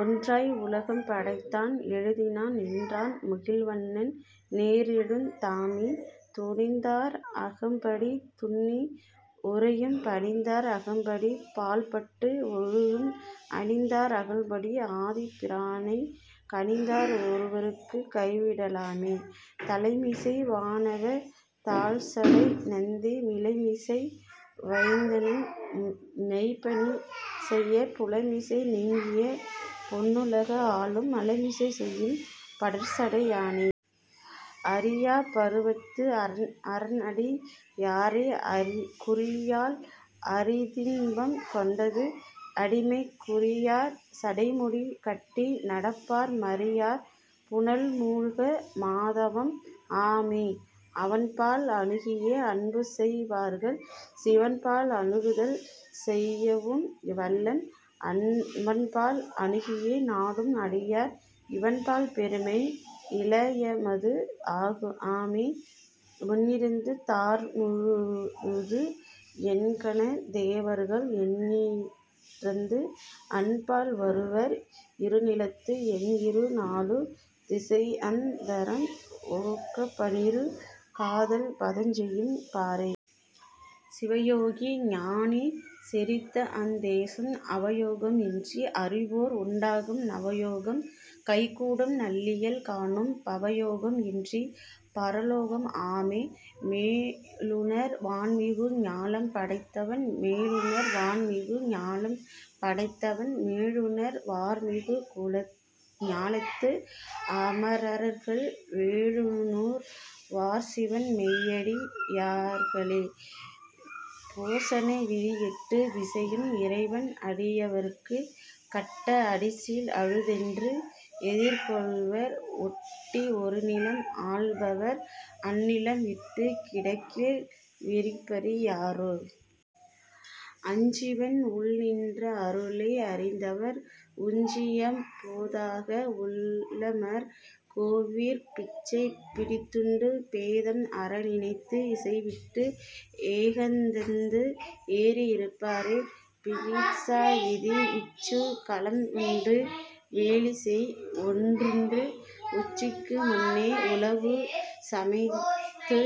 ஒன்றாய் உலகம் படைத்தான் எழுதினான் நின்றான் முகில்வண்ணன் நேர்எழுத் தாமே. துணிந்தார் அகம்படி துன்னி உறையும் பணிந்தார் அகம்படி பால்பட்டு ஒழுகும் அணிந்தார் அகம்படி ஆதிப் பிரானைக் கணிந்தார் ஒருவர்க்கு கைவிடலாமே. தலைமிசை வானவர் தாழ்சடை நந்தி மிலைமிசை வைத்தனன் மெய்ப்பணி செய்யப் புலைமிசை நீங்கிய பொன்னுலகு ஆளும் பலமிசை செய்யும் படர்சடை யோனே. அறியாப் பருவத்து அரன்அடி யாரைக் குறியால் அறிந்தின்பம் கொண்டது அடிமை குறியார் சடைமுடி கட்டி நடப்பார் மறியார் புனல்மூழ்க மாதவம் ஆமே. அவன்பால் அணுகியே அன்புசெய் வார்கள் சிவன்பால் அணுகுதல் செய்யவும் வல்லன் அவன்பால் அணுகியே நாடும் அடியார் இவன்பால் பெருமை இலயமது ஆமே. முன்னிருந் தார்முழுது எண்கணத் தேவர்கள் எண்ணிறந்து அன்பால் வருவர் இருநிலத்து எண்இரு நாலு திசைஅந் தரம் ஒக்கப் பன்னிரு காதம் பதஞ்செய்யும் பாரே. சிவயோகி ஞானி செறிந்தஅத் தேசம் அவயோகம் இன்றி அறிவோர் உண்டாகும் நவயோகம் கைகூடும் நல்லியல் காணும் பவயோகம் இன்றிப் பரலோகம் ஆமே. மேலுணர் வான்மிகு ஞாலம் படைத்தவன் மேலுணர் வான்மிகு ஞாலம் கடந்தவன் மேலுணர் வார்மிகு ஞாலத்து அமரர்கள் மேலுணுர் வார்சிவன் மெய்யடி யார்களே.. போசன விதி எட்டுத் திசையும் இறைவன் அடியவர்க்கு கட்ட அடிசில் அழுதென்று எதிர்கொள்வர் ஒட்டி ஒருநிலம் ஆள்பவர் அந்நிலம் விட்டுக் கிடக்கில் விருப்பறி யாரே. அச்சிவன் உள்நின்ற அருளை அறிந்தவர் உச்சியம் போதாக உள்ளமர் கோவிற்குப் பிச்சை பிடித்துண்டு பேதம் அறநினைந்து இச்சைவிட்டு ஏகாந்தத்து ஏறி இருப்பரே.. பிட்சா விதி விச்சுக் கலம் உண்டு வேலிச்செய் ஒன்றுண்டு உச்சிக்கு முன்னே உழவு சமைந்தது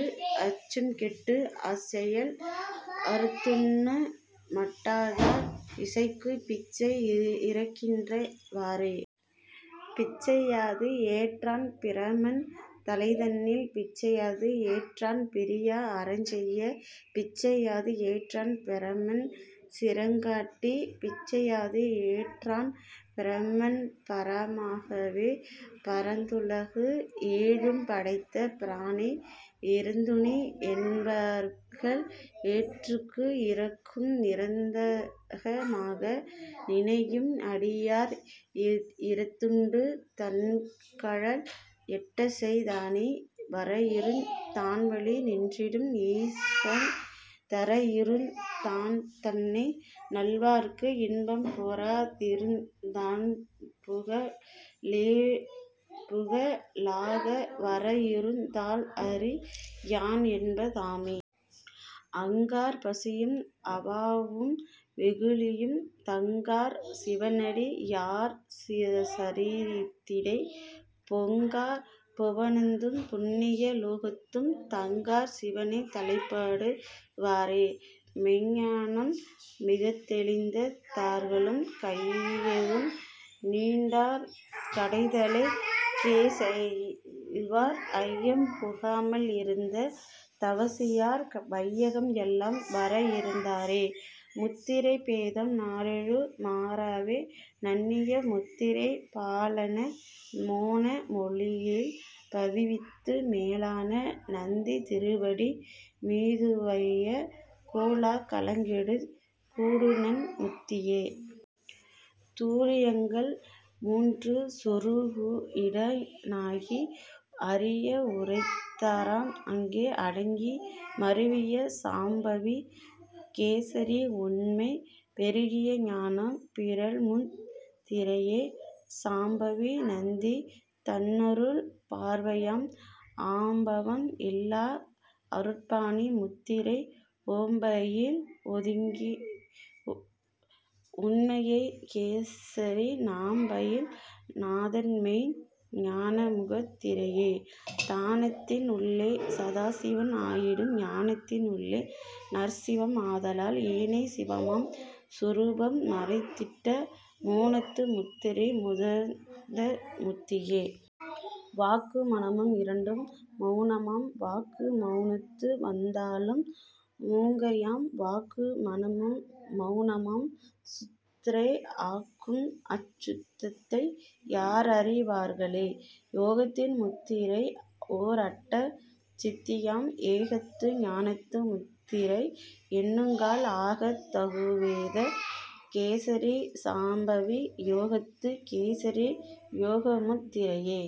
அச்சம்கெட்டு அச்செயல் அறுத்துண்ண மாட்டாதார் இச்சைக்குப் பிச்சை இரக்கின்ற வாறே. பிச்சையது ஏற்றான் பிரமன் தலைதன்னில் பிச்சையது ஏற்றான் பிரியா அறஞ்செய்யப் பிச்சையது ஏற்றான் பிரமன் சிரங்காட்டிப் பிச்சையது ஏற்றான் பிரமன் பரமாகவே. பரந்துலகு ஏழும் படைத்த பிரானை இரந்துணி என்பர்கள் எற்றுக்கு இரக்கும் நிரந்தக மாக நினையும் அடியார் இரந்துண்டு தன்கழல் எட்டச்செய் தானே. வரஇருந் தான்வழி நின்றிடும் ஈசன் தரஇருந் தான்தன்னை நல்லவர்க்கு இன்பம் பொரஇருந் தான்புக லேபுக லாக வரஇருந் தால்அறி யான்என்ப தாமே. அங்கார் பசியும் அவாவும் வெகுளியும் தங்கார் சிவனடி யார்சரீரத்திடைப் பொங்கார் புவனத்தும் புண்ணிய லோகத்தும் தங்கார் சிவனைத் தலைப்படு வாரே. மெய்யக ஞானம் மிகத்தெளிந் தார்களும் கையதும் நீண்டார் கடைத்தலைக் கேசெல்வர் ஐயம் புகாமல் இருந்த தவசியார் வையகம் எல்லாம் வரஇருந்தாரே.. முத்திரை பேதம் நாலேழு மாறவே நண்ணிய முத்திரை பாலான மோன மொழியில் பதிவித்து மேலான நந்தி திருவடி மீதுய்யக் கோலா கலங்கெட்டுக் கூடுநன் முத்தியே. துரியங்கள் மூன்று சொருகுஇட னாகி அரிய உரைத்தாரம் அங்கே அடக்கி மருவிய சாம்பவி கேசரி உண்மை பெருகிய ஞானம் பிறழ்முத் திரையே. சாம்பவி நந்தி தன்னருள் பார்வையாம் ஆம்பவம் இல்லா அருட்பாணி முத்திரை ஓம்பயில் ஒங்கிய உண்மைய கேசரி நாம்பயில் நாதன்மெய்ஞ் ஞானமுத் திரையே. தானத்தின் உள்ளே சதாசிவன் ஆயிடும் ஞானத்தின் உள்ளே நற்சிவம் ஆதலால் ஏனைச் சிவமாம் சொரூபம் மறைந்திட்ட மோனத்து முத்திரை முத்தாந்த முத்தியே. வாக்கு மனமும் இரண்டும் மவுனமாம் வாக்கு மவுனத்து வந்தாலும் மூங்கையாம் வாக்கு மனமும் மவுனமாம் சுத்தரே ஆக்கும் அச் சுத்த்ததை யார்அறி வார்களே. யோகத்தின் முத்திரை ஓர்அட்ட சித்தியாம் ஏகத்த ஞானத்து முத்திரை எண்ணுங்கால் ஆகத் தகும்வேத கேசரி சாம்பவி யோகத்துக் கேசரி யோகமுத் திரையே.